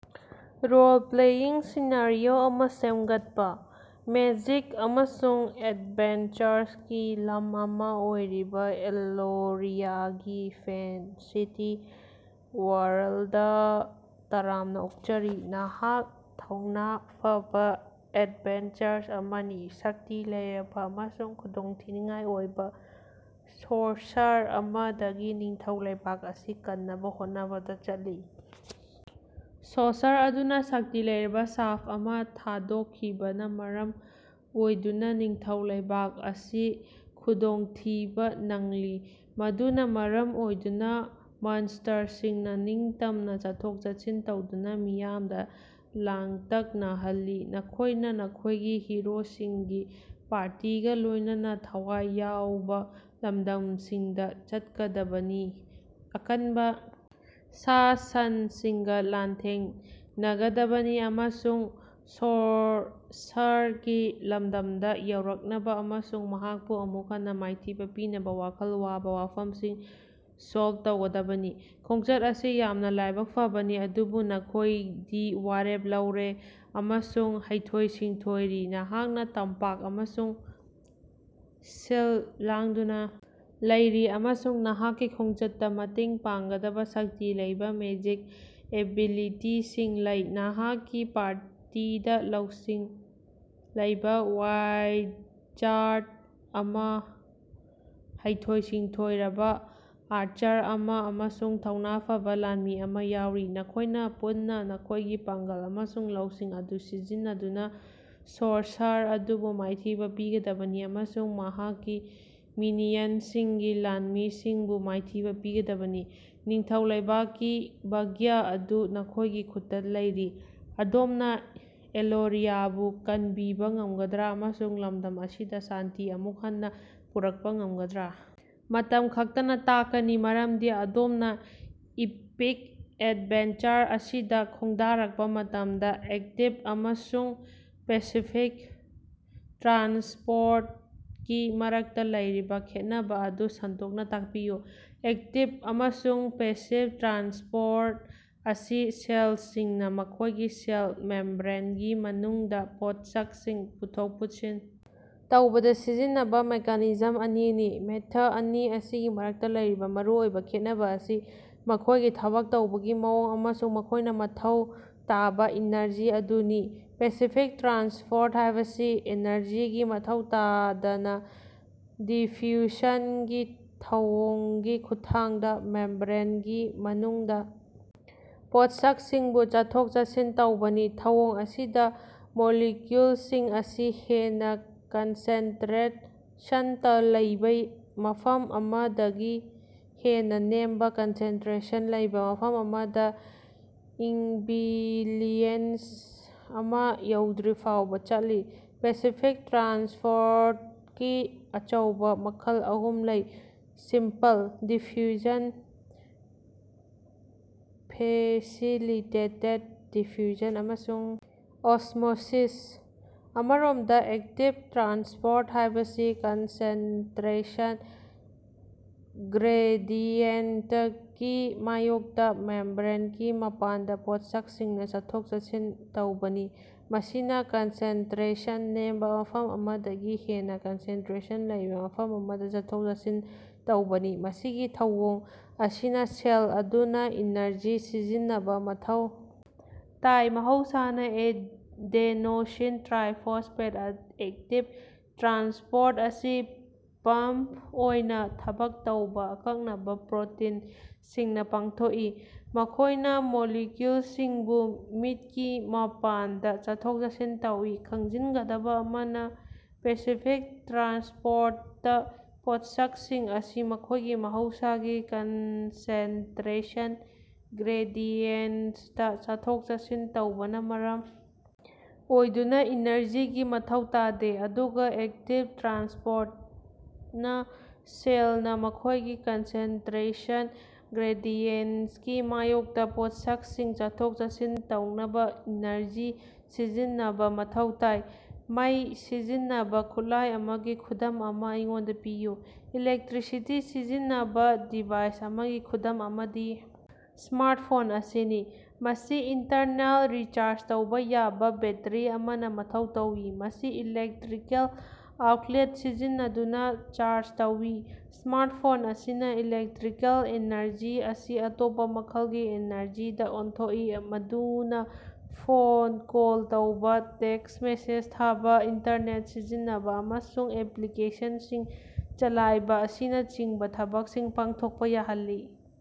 Role-playing scenario ꯑꯃꯥ ꯁꯦꯝꯒꯠꯄꯥ꯫ Magic ꯑꯃꯁꯨꯡ ꯑꯦꯗꯚꯦꯟꯆꯔꯒꯤ ꯂꯝ ꯑꯃꯥ ꯑꯣꯏꯔꯤꯕꯥ ꯑꯦꯂꯣꯔꯤꯌꯥꯒꯤ ꯐꯦꯟꯁꯤꯇꯤ ꯋꯥꯔꯜꯗꯇꯥ ꯇꯔꯥꯝꯅꯥ ꯑꯣꯛꯆꯔꯤ꯫ ꯅꯍꯥꯛ ꯊꯧꯅꯥ ꯐꯕꯥ ꯑꯦꯗꯚꯦꯟꯆꯔ ꯑꯃꯅꯤ, ꯁꯛꯇꯤ ꯂꯩꯔꯕꯥ ꯑꯃꯁꯨꯡ ꯈꯨꯗꯣꯡꯊꯤꯅꯤꯡꯉꯥꯏ ꯑꯣꯏꯕꯥ ꯁꯣꯔꯁꯔ ꯑꯃꯗꯒꯤ ꯅꯤꯡꯊꯧ ꯂꯩꯕꯥꯛ ꯑꯁꯤ ꯀꯟꯅꯕꯥ ꯍꯣꯠꯅꯕꯗꯥ ꯆꯠꯂꯤ꯫ ꯁꯣꯔꯁꯔ ꯑꯗꯨꯅꯥ ꯁꯛꯇꯤ ꯂꯩꯔꯕꯥ ꯁꯥꯞ ꯑꯃꯥ ꯊꯥꯗꯣꯛꯈꯤꯕꯅ ꯃꯔꯝ ꯑꯣꯏꯗꯨꯅ ꯅꯤꯡꯊꯧ ꯂꯩꯕꯥꯛ ꯑꯁꯤ ꯈꯨꯗꯣꯡꯊꯤꯕꯥ ꯅꯪꯂꯤ, ꯃꯗꯨꯅ ꯃꯔꯝ ꯑꯣꯏꯗꯨꯅꯥ ꯃꯟꯁ꯭ꯇꯔꯁꯤꯡꯅ ꯅꯤꯡꯇꯝꯅ ꯆꯠꯊꯣꯛ-ꯆꯠꯁꯤꯟ ꯇꯧꯗꯨꯅ ꯃꯤꯌꯥꯝꯗꯥ ꯂꯥꯡꯇꯛꯅꯍꯜꯂꯤ꯫ ꯅꯈꯣꯏꯅ ꯅꯈꯣꯏꯒꯤ ꯍꯤꯔꯣꯁꯤꯡꯒꯤ ꯄꯥꯔꯇꯤꯒ ꯂꯣꯏꯅꯅꯥ ꯊꯋꯥꯏ ꯌꯥꯎꯕ ꯂꯝꯗꯝꯁꯤꯡꯗꯥ ꯆꯠꯀꯗꯕꯅꯤ, ꯑꯀꯟꯕ ꯁꯥ-ꯁꯟꯁꯤꯡꯒ ꯂꯥꯟꯊꯦꯡꯅꯒꯗꯕꯅꯤ ꯑꯃꯁꯨꯡ ꯁꯣꯔꯁꯔꯒꯤ ꯂꯝꯗꯝꯗ ꯌꯧꯔꯛꯅꯕ ꯑꯃꯁꯨꯡ ꯃꯍꯥꯛꯄꯨ ꯑꯃꯨꯛ ꯍꯟꯅꯥ ꯃꯥꯏꯊꯤꯕꯥ ꯄꯤꯅꯕ ꯋꯥꯈꯜ ꯋꯥꯕ ꯋꯥꯐꯝꯁꯤꯡ ꯁꯣꯜꯕ ꯇꯧꯒꯗꯕꯅꯤ꯫ ꯈꯣꯡꯆꯠ ꯑꯁꯤ ꯌꯥꯝꯅ ꯂꯥꯏꯕꯛ ꯐꯕꯅꯤ, ꯑꯗꯨꯕꯨ ꯅꯈꯣꯏꯗꯤ ꯋꯥꯔꯦꯞ ꯂꯧꯔꯦ ꯑꯃꯁꯨꯡ ꯍꯩꯊꯣꯏ-ꯁꯤꯡꯊꯣꯏꯔꯤ꯫ ꯅꯍꯥꯛꯅ ꯇꯝꯄꯥꯛ ꯑꯃꯁꯨꯡ ꯁꯤꯜ ꯂꯥꯡꯗꯨꯅ ꯂꯩꯔꯤ, ꯑꯃꯁꯨꯡ ꯅꯍꯥꯛꯀꯤ ꯈꯣꯡꯆꯠꯇꯥ ꯃꯇꯦꯡ ꯄꯥꯡꯒꯗꯕ ꯁꯛꯇꯤ ꯂꯩꯕ ꯃꯦꯖꯤꯛ ꯑꯦꯕꯤꯂꯤꯇꯤꯁꯤꯡ ꯂꯩ꯫ ꯅꯍꯥꯛꯀꯤ ꯄꯥꯔꯇꯤꯗ ꯂꯧꯁꯤꯡ ꯂꯩꯕ ꯋꯥꯏꯖꯥꯔꯗ ꯑꯃꯥ, ꯍꯩꯊꯣꯏ-ꯁꯤꯡꯊꯣꯏꯔꯕ ꯑꯥꯔꯆꯔ ꯑꯃꯥ ꯑꯃꯁꯨꯡ ꯊꯧꯅꯥ ꯐꯕꯥ ꯂꯥꯟꯃꯤ ꯑꯃꯥ ꯌꯥꯎꯔꯤ꯫ ꯅꯈꯣꯏꯅ ꯄꯨꯟꯅꯥ ꯅꯈꯣꯏꯒꯤ ꯄꯥꯡꯒꯜ ꯑꯃꯁꯨꯡ ꯂꯧꯁꯤꯡ ꯑꯗꯨ ꯁꯤꯖꯤꯟꯅꯗꯨꯅ ꯁꯣꯔꯁꯔ ꯑꯗꯨꯕꯨ ꯃꯥꯏꯊꯤꯕ ꯄꯤꯒꯗꯕꯅꯤ ꯑꯃꯁꯨꯡ ꯃꯍꯥꯛꯀꯤ ꯃꯤꯅꯤꯌꯟꯁꯤꯡꯒꯤ ꯂꯥꯟꯃꯤꯁꯤꯡꯕꯨ ꯃꯥꯏꯊꯤꯕ ꯄꯤꯒꯗꯕꯅꯤ꯫ ꯅꯤꯡꯊꯧ ꯂꯩꯕꯥꯛꯀꯤ ꯚꯥꯒ꯭ꯌ ꯑꯗꯨ ꯅꯈꯣꯏꯒꯤ ꯈꯨꯠꯇꯥ ꯂꯩꯔꯤ꯫ ꯑꯗꯣꯝꯅ ꯑꯦꯂꯣꯔꯤꯌꯥꯕꯨ ꯀꯟꯕꯤꯕꯥ ꯉꯝꯒꯗ꯭ꯔꯥ ꯑꯃꯁꯨꯡ ꯂꯝꯗꯝ ꯑꯁꯤꯗ ꯁꯥꯟꯇꯤ ꯑꯃꯨꯛ ꯍꯟꯅꯥ ꯄꯨꯔꯛꯄꯥ ꯉꯝꯒꯗ꯭ꯔꯥ? ꯃꯇꯝ ꯈꯛꯇꯅꯥ ꯇꯥꯛꯀꯅꯤ, ꯃꯔꯝꯗꯤ ꯑꯗꯣꯝꯅꯥ ꯏꯄꯤꯛ ꯑꯦꯗꯚꯦꯟꯆꯔ ꯑꯁꯤꯗꯥ ꯈꯣꯡꯗꯥꯔꯛꯄꯥ ꯃꯇꯝꯗꯥ꯫ ꯑꯦꯛꯇꯤꯕ ꯑꯃꯁꯨꯡ ꯄꯦꯁꯤꯐꯤꯛ ꯇ꯭ꯔꯥꯟꯁꯄꯣꯔꯇꯀꯤ ꯃꯔꯛꯇꯥ ꯂꯩꯔꯤꯕꯥ ꯈꯦꯠꯅꯕꯥ ꯑꯗꯨ ꯁꯟꯗꯣꯛꯅꯥ ꯇꯥꯛꯄꯤꯌꯨ꯫ ꯑꯦꯛꯇꯤꯕ ꯑꯃꯁꯨꯡ ꯄꯦꯁꯤꯕ ꯇ꯭ꯔꯥꯟꯁꯄꯣꯔꯠ ꯑꯁꯤ ꯁꯦꯜꯁꯤꯡꯅꯥ ꯃꯈꯣꯏꯒꯤ ꯁꯦꯜ ꯃꯦꯝꯕ꯭ꯔꯦꯟꯒꯤ ꯃꯅꯨꯡꯗ ꯄꯣꯠꯁꯛꯁꯤꯡ ꯄꯨꯊꯣꯛ ꯄꯨꯁꯤꯟ ꯇꯧꯕꯗ ꯁꯤꯖꯤꯟꯅꯕ ꯃꯦꯀꯥꯅꯤꯖꯝ ꯑꯅꯤꯅꯤ꯫ ꯃꯦꯊꯗ ꯑꯅꯤ ꯑꯁꯤꯒꯤ ꯃꯔꯛꯇꯥ ꯂꯩꯔꯤꯕꯥ ꯃꯔꯨꯑꯣꯏꯕ ꯈꯦꯠꯅꯕ ꯑꯁꯤ ꯃꯈꯣꯏꯒꯤ ꯊꯕꯛ ꯇꯧꯕꯒꯤ ꯃꯑꯣꯡ ꯑꯃꯁꯨꯡ ꯃꯈꯣꯏꯅꯥ ꯃꯊꯧ ꯇꯥꯕꯥ ꯏꯅꯔꯖꯤ ꯑꯗꯨꯅꯤ꯫ ꯄꯦꯁꯤꯐꯤꯛ ꯇ꯭ꯔꯥꯟꯁꯄꯣꯔꯠ ꯍꯥꯏꯕꯁꯤ ꯑꯦꯅꯔꯖꯤꯒꯤ ꯃꯊꯧ ꯇꯥꯗꯅ, ꯗꯤꯐ꯭ꯌꯨꯁꯟꯒꯤ ꯊꯧꯑꯣꯡꯒꯤ ꯈꯨꯠꯊꯥꯡꯗ ꯃꯦꯝꯕ꯭ꯔꯦꯟꯒꯤ ꯃꯅꯨꯡꯗ ꯄꯣꯠꯁꯛꯁꯤꯡꯕꯨ ꯆꯠꯊꯣꯛ-ꯆꯠꯁꯤꯟ ꯇꯧꯕꯅꯤ꯫ ꯊꯧꯑꯣꯡ ꯑꯁꯤꯗꯥ ꯃꯣꯂꯤꯀꯨꯜꯁꯤꯡ ꯑꯁꯤ ꯍꯦꯟꯅ ꯀꯟꯁꯦꯟꯇꯔꯦꯁꯟ ꯂꯩꯕꯥ ꯃꯐꯝ ꯑꯃꯗꯒꯤ ꯍꯦꯟꯅꯥ ꯅꯦꯝꯕꯥ ꯀꯟꯁꯦꯟꯇꯔꯦꯁꯟ ꯂꯩꯕꯥ ꯃꯐꯝ ꯑꯃꯗꯥ ꯏꯛꯕꯤꯂꯤꯑꯦꯟꯁ ꯑꯃꯥ ꯌꯧꯗ꯭ꯔꯤꯐꯥꯎꯕꯥ ꯆꯠꯂꯤ꯫ ꯄꯦꯁꯤꯐꯤꯛ ꯇ꯭ꯔꯥꯟꯁꯄꯣꯔꯇꯀꯤ ꯑꯆꯧꯕꯥ ꯃꯈꯜ ꯑꯍꯨꯝ ꯂꯩ: ꯁꯤꯝꯄꯜ ꯗꯤꯐ꯭ꯌꯨꯁꯟ, ꯐꯦꯁꯤꯂꯤꯇꯦꯇꯦꯗ ꯗꯤꯐ꯭ꯌꯨꯁꯟ ꯑꯃꯁꯨꯡ ꯑꯣꯁ꯭ꯃꯣꯁꯤꯁ꯫ ꯑꯃꯔꯣꯝꯗ, ꯑꯦꯛꯇꯤꯕ ꯇ꯭ꯔꯥꯟꯁꯄꯣꯔꯠ ꯍꯥꯏꯕꯁꯤ ꯀꯟꯁꯦꯟꯇꯔꯦꯁꯟ ꯒ꯭ꯔꯦꯗꯤꯌꯦꯟꯇꯀꯤ ꯃꯥꯌꯣꯛꯇꯥ ꯃꯦꯝꯕ꯭ꯔꯦꯟꯒꯤ ꯃꯄꯥꯟꯗ ꯄꯣꯠꯁꯛꯁꯤꯡꯅꯥ ꯆꯠꯊꯣꯛ-ꯆꯠꯁꯤꯟ ꯇꯧꯕꯅꯤ, ꯃꯁꯤꯅꯥ ꯀꯟꯁꯦꯟꯇꯔꯦꯁꯟ ꯅꯦꯝꯕ ꯃꯐꯝ ꯑꯃꯗꯒꯤ ꯍꯦꯟꯅ ꯀꯟꯁꯦꯟꯇꯔꯦꯁꯟ ꯂꯩꯕꯥ ꯃꯐꯝ ꯑꯃꯗꯥ ꯆꯠꯊꯣꯛ-ꯆꯠꯁꯤꯟ ꯇꯧꯕꯅꯤ꯫ ꯃꯁꯤꯒꯤ ꯊꯧꯑꯣꯡ ꯑꯁꯤꯅꯥ ꯁꯦꯜ ꯑꯗꯨꯅꯥ ꯏꯅꯔꯖꯤ ꯁꯤꯖꯤꯟꯅꯕꯥ ꯃꯊꯧ ꯇꯥꯏ, ꯃꯍꯧꯁꯥꯅꯥ ꯑꯦꯗ‌ꯦꯅ‌ꯣꯁꯤꯟ ꯇꯔꯥꯏꯐ‌ꯣꯁꯐ‌ꯦꯠ ꯑꯦꯛꯇꯤꯕ ꯇ꯭ꯔꯥꯟꯁꯄꯣꯔꯠ ꯑꯁꯤ ꯄꯝꯞ ꯑꯣꯏꯅ ꯊꯕꯛ ꯇꯧꯕ ꯑꯀꯛꯅꯕ ꯄ꯭ꯔꯣꯇꯤꯟꯁꯤꯡꯅ ꯄꯥꯡꯊꯣꯛꯏ, ꯃꯈꯣꯏꯅ ꯃꯣꯂꯤꯀꯌꯨꯜꯁꯤꯡꯕꯨ ꯃꯤꯠꯀꯤ ꯃꯄꯥꯟꯗ ꯆꯠꯊꯣꯛ-ꯆꯠꯁꯤꯟ ꯇꯧꯏ꯫ ꯈꯪꯖꯤꯟꯒꯗꯕꯥ ꯑꯃꯅꯥ, ꯄꯦꯁꯤꯐꯤꯛ ꯇ꯭ꯔꯥꯟꯁꯄꯣꯔꯇꯇꯥ ꯄꯣꯠꯁꯛꯁꯤꯡ ꯑꯁꯤ ꯃꯈꯣꯏꯒꯤ ꯃꯍꯧꯁꯥꯒꯤ ꯀꯟꯁꯦꯟꯇꯔꯦꯁꯟ ꯒ꯭ꯔꯦꯗꯤꯌꯦꯟꯇꯇꯥ ꯆꯠꯊꯣꯛ-ꯆꯠꯁꯤꯟ ꯇꯧꯕꯅꯥ ꯃꯔꯝ ꯑꯣꯏꯗꯨꯅꯥ ꯏꯅꯔꯖꯤꯒꯤ ꯃꯊꯧ ꯇꯥꯗꯦ, ꯑꯗꯨꯒꯥ ꯑꯦꯛꯇꯤꯕ ꯇ꯭ꯔꯥꯟꯁꯄꯣꯔꯇꯅꯥ ꯁꯦꯜꯅꯥ ꯃꯈꯣꯏꯒꯤ ꯀꯟꯁꯦꯟꯇꯔꯦꯁꯟ ꯒ꯭ꯔꯦꯗꯤꯌꯦꯟꯇꯀꯤ ꯃꯥꯌꯣꯛꯇꯥ ꯄꯣꯠꯁꯛꯁꯤꯡ ꯆꯠꯊꯣꯛ-ꯆꯠꯁꯤꯟ ꯇꯧꯅꯕꯥ ꯏꯅꯔꯖꯤ ꯁꯤꯖꯤꯟꯅꯕ ꯃꯊꯧ ꯇꯥꯏ꯫ ꯃꯩ ꯁꯤꯖꯤꯟꯅꯕꯥ ꯈꯨꯠꯂꯥꯏ ꯑꯃꯒꯤ ꯈꯨꯗꯝ ꯑꯃꯥ ꯑꯩꯉꯣꯟꯗꯥ ꯄꯤꯌꯨ꯫ ꯏꯂꯦꯛꯇꯔꯤꯁꯤꯇꯤ ꯁꯤꯖꯤꯟꯅꯕ ꯗꯤꯚꯥꯏꯁ ꯑꯃꯒꯤ ꯈꯨꯗꯝ ꯑꯃꯗꯤ ꯁ꯭ꯃꯥꯔꯠꯐꯣꯟ ꯑꯁꯤꯅꯤ꯫ ꯃꯁꯤ ꯏꯟꯇꯔꯅꯦꯜ ꯔꯤꯆꯥꯔꯖ ꯇꯧꯕ ꯌꯥꯕꯥ ꯕꯦꯠꯇꯔꯤ ꯑꯃꯅ ꯃꯊꯧ ꯇꯧꯏ, ꯃꯁꯤ ꯏꯂꯦꯛꯇꯔꯤꯀꯦꯜ ꯑꯥꯎꯠꯂꯦꯠ ꯁꯤꯖꯤꯟꯅꯗꯨꯅ ꯆꯥꯔꯖ ꯇꯧꯏ꯫ ꯁ꯭ꯃꯥꯔꯠꯐꯣꯟ ꯑꯁꯤꯅꯥ ꯏꯂꯦꯛꯇꯔꯤꯀꯦꯜ ꯑꯦꯅꯔꯖꯤ ꯑꯁꯤ ꯑꯇꯣꯞꯄ ꯃꯈꯜꯒꯤ ꯑꯦꯅꯔꯖꯤꯗ ꯑꯣꯟꯊꯣꯛꯏ ꯃꯗꯨꯅ ꯐꯣꯟ ꯀꯣꯜ ꯇꯧꯕꯥ, ꯇꯦꯛꯁ ꯃꯦꯁꯦꯖ ꯊꯥꯕꯥ, ꯏꯟꯇꯔꯅꯦꯠ ꯁꯤꯖꯤꯟꯅꯕꯥ, ꯑꯃꯁꯨꯡ ꯑꯦꯄꯂꯤꯀꯦꯁꯟꯁꯤꯡ ꯆꯂꯥꯏꯕ ꯑꯁꯤꯅꯆꯤꯡꯕ ꯊꯕꯛꯁꯤꯡ ꯄꯥꯡꯊꯣꯛꯄꯥ ꯌꯥꯍꯜꯂꯤ꯫।